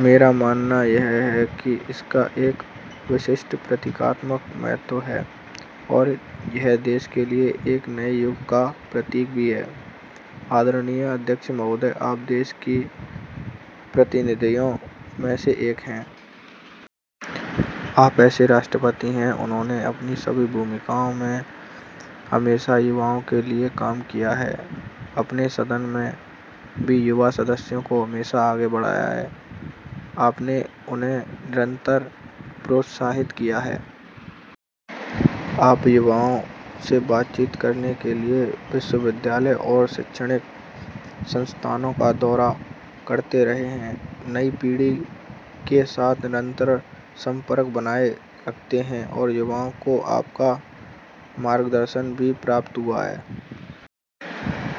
میں سمجھتا ہوں کہ اس کی ایک الگ علامت کی اہمیت ہے ساتھ میں ملک کے ایک نئے دور کی علامت بھی ہے محترم چیئرمین صاحب آپ تو ملک کے ایک ایسے نائب صدر ہیں جس نے اپنی سبھی حیثیتوں میں ہمیشہ نوجوانوں کے لیے کام کیا ہے آپ نے ایوان میں بھی ہمیشہ نوجوان ارکان کو آگے بڑھایا ان کی حوصلہ افزائی کی آپ مسلسل نوجوانوں سے مذاکرات کے لیے یونیورسٹیوں اور تعلیمی اداروں میں جاتے رہے نئی نسل کے ساتھ آپ کا ایک مسلسل رابطہ بنا ہوا ہے اور نوجوانوں کو آپ کی رہنمائی بھی ملی ہے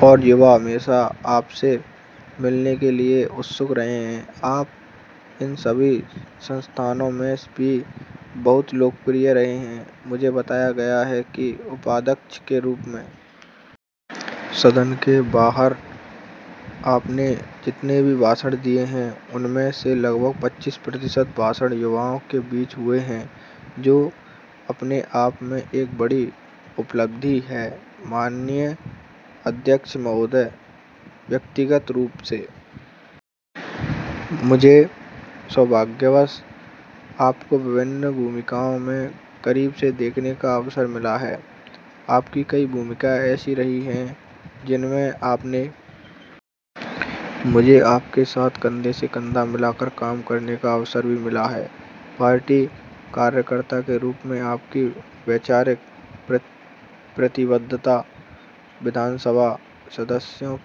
اور نوجوان بھی آپ سے ملنے کے لیے ہمیشہ خواہشمند رہے ہیں ان سبھی اداروں میں آپ کی مقبولیت بھی بہت رہی ہے مجھے بتایا گیا ہے کہ نائب صدر کی حیثیت سے آپ نے ایوان کے باہر جو تقریریں کیں ان میں تقریباً پچیس فیصد نوجوانوں کے درمیان رہی ہیں یہ بھی اپنے آپ میں ایک بڑی بات ہے معزز چیئرمین صاحب انفرادی طور پر میری یہ خوش قسمتی رہی ہے کہ میں نے بہت قریب سے آپ کو الگ الگ کرداروں میں دیکھا ہے آپ کے بہت سے کردار ایسے بھی رہے ہیں جس میں آپ کے ساتھ کندھے سے کندھا ملا کر مجھے کام کرنے کا بھی موقع ملا ہے پارٹی کے کارکن کی حیثیت سے آپ کا نظریاتی عہد ہو ایک رکن اسمبلی کے طور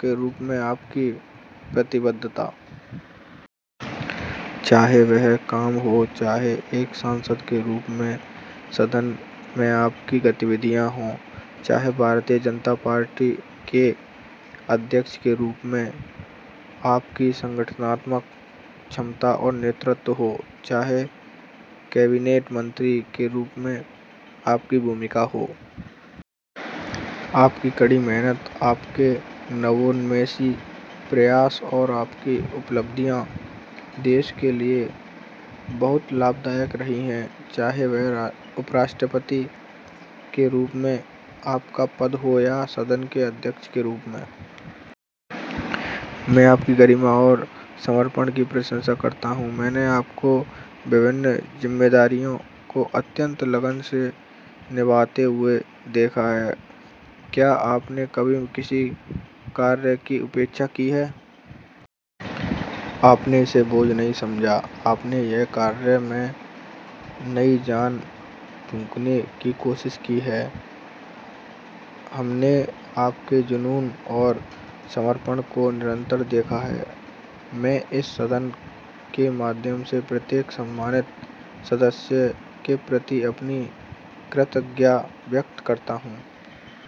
پر آپ کا کام کاج ہو پارلیمنٹ کے طور پر ایوان میں آپ کی سرگرمیاں ہوں بھارتیہ جنتا پارٹی کے صدر کی حیثیت سے تنظیمی صلاحیت اور قیادت کی بات ہو کابینی وزیر کے طور پر آپ کی محنت جدت پسندی کی آپ کی کوشش اور اس سے حاصل ہونے والی کامیابیاں ملک کے لیے بہت مفید رہی ہیں یا پھر نائب صدر اور ایوان کے چیئرمین کی حیثیت میں آپ کا وقار اور آپ کی لگن ہو میں نے آپ کو الگ الگ ذمہ داریوں میں بہت لگن سے کام کرتے ہوئے دیکھا ہے آپ نے کبھی کسی بھی کام کو بوجھ نہیں سمجھا آپ نے ہر کام میں نئی روح پھونکنے کی کوشش کی ہے آپ کا جذبہ آپ کی لگن ہم لوگوں نے مسلسل مشاہدہ کیا ہے میں اس ایوان کے ذریعے ہر ایک معزز رکن اور